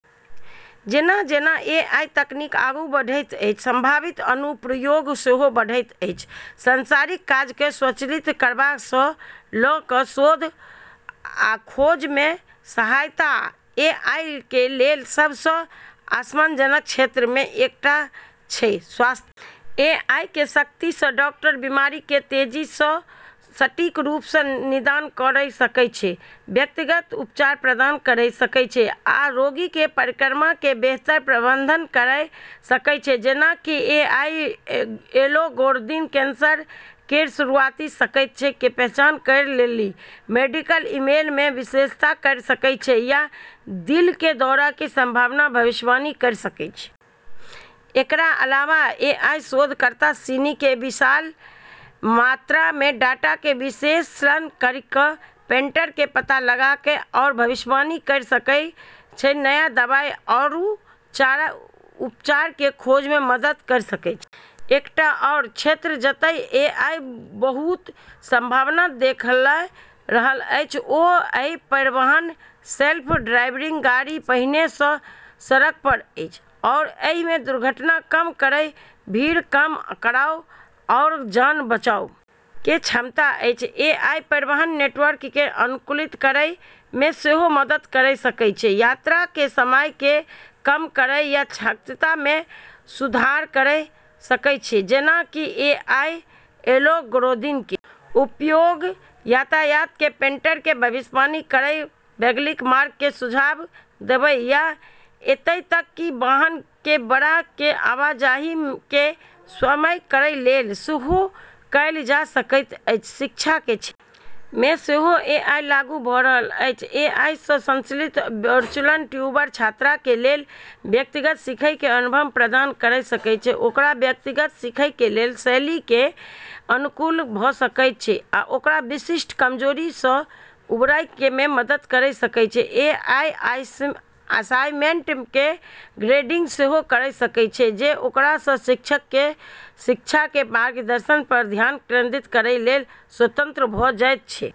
जेना-जेना एआई तकनीक आगू बढ़ैत अछि, संभावित अनुप्रयोग सेहो बढ़ैत अछि, सांसारिक काज कए स्वचालित करबा स ल कए शोध आ खोज मे सहायता तक। एआई कें लेल सब सं आशाजनक क्षेत्र मे सं एकटा छै स्वास्थ्य सेवा. एआई कें शक्ति सं डॉक्टर बीमारियक कें तेजी सं आ सटीक रूप सं निदान कयर सकय छै, व्यक्तिगत उपचार प्रदान कयर सकय छै आ रोगी कें परिणामक कें बेहतर प्रबंधन कयर सकय छै जेना कि एआई एल्गोरिदम कैंसर केरऽ शुरुआती संकेतऽ के पहचान करै लेली मेडिकल इमेज के विश्लेषण करी सकै छै या दिल के दौरा के संभावना के भविष्यवाणी करी सकै छै। एकरऽ अलावा एआई शोधकर्ता सिनी के विशाल मात्रा मे डाटा के विश्लेषण करी के, पैटर्न के पता लगाय के आरू भविष्यवाणी करी के नया दवाई आरू उपचार के खोज मे मदद करी सकै छै। एकटा आओर क्षेत्र जतय एआई बहुत संभावना देखा रहल अछि ओ अछि परिवहन। सेल्फ ड्राइविंग गाड़ी पहिने सं सड़क पर अछि आओर एहि मे दुर्घटना कम करय, भीड़ कम करय आओर जान बचाबय के क्षमता अछि, एआई परिवहन नेटवर्क कें अनुकूलित करय मे सेहो मदद कयर सकय छै, यात्रा कें समय कें कम करय आ दक्षता मे सुधार करय सकय छै जेना कि एआई एल्गोरिदम के उपयोग यातायात के पैटर्न के भविष्यवाणी करय, वैकल्पिक मार्ग के सुझाव देबय आ एतय तक कि वाहन के बेड़ा के आवाजाही के समन्वय करय लेल सेहो कएल जा सकैत अछि, शिक्षा क क्षेत्र मे सेहो एआई लागू भ रहल अछि, एआई सं संचालित वर्चुअल ट्यूटर छात्रक कें लेल व्यक्तिगत सीखय कें अनुभव प्रदान कयर सकय छै ओकर व्यक्तिगत सीखय कें शैली कें अनुकूल भ सकय छै आ ओकरा विशिष्ट कमजोरी सं उबरय मे मदद कयर सकय छै, एआई असाइनमेंट कें ग्रेडिंग सेहो कयर सकय छै जेकरा सं शिक्षकक कें शिक्षण आ मार्गदर्शन पर ध्यान केंद्रित करय कें लेल स्वतंत्र भ जायत छै।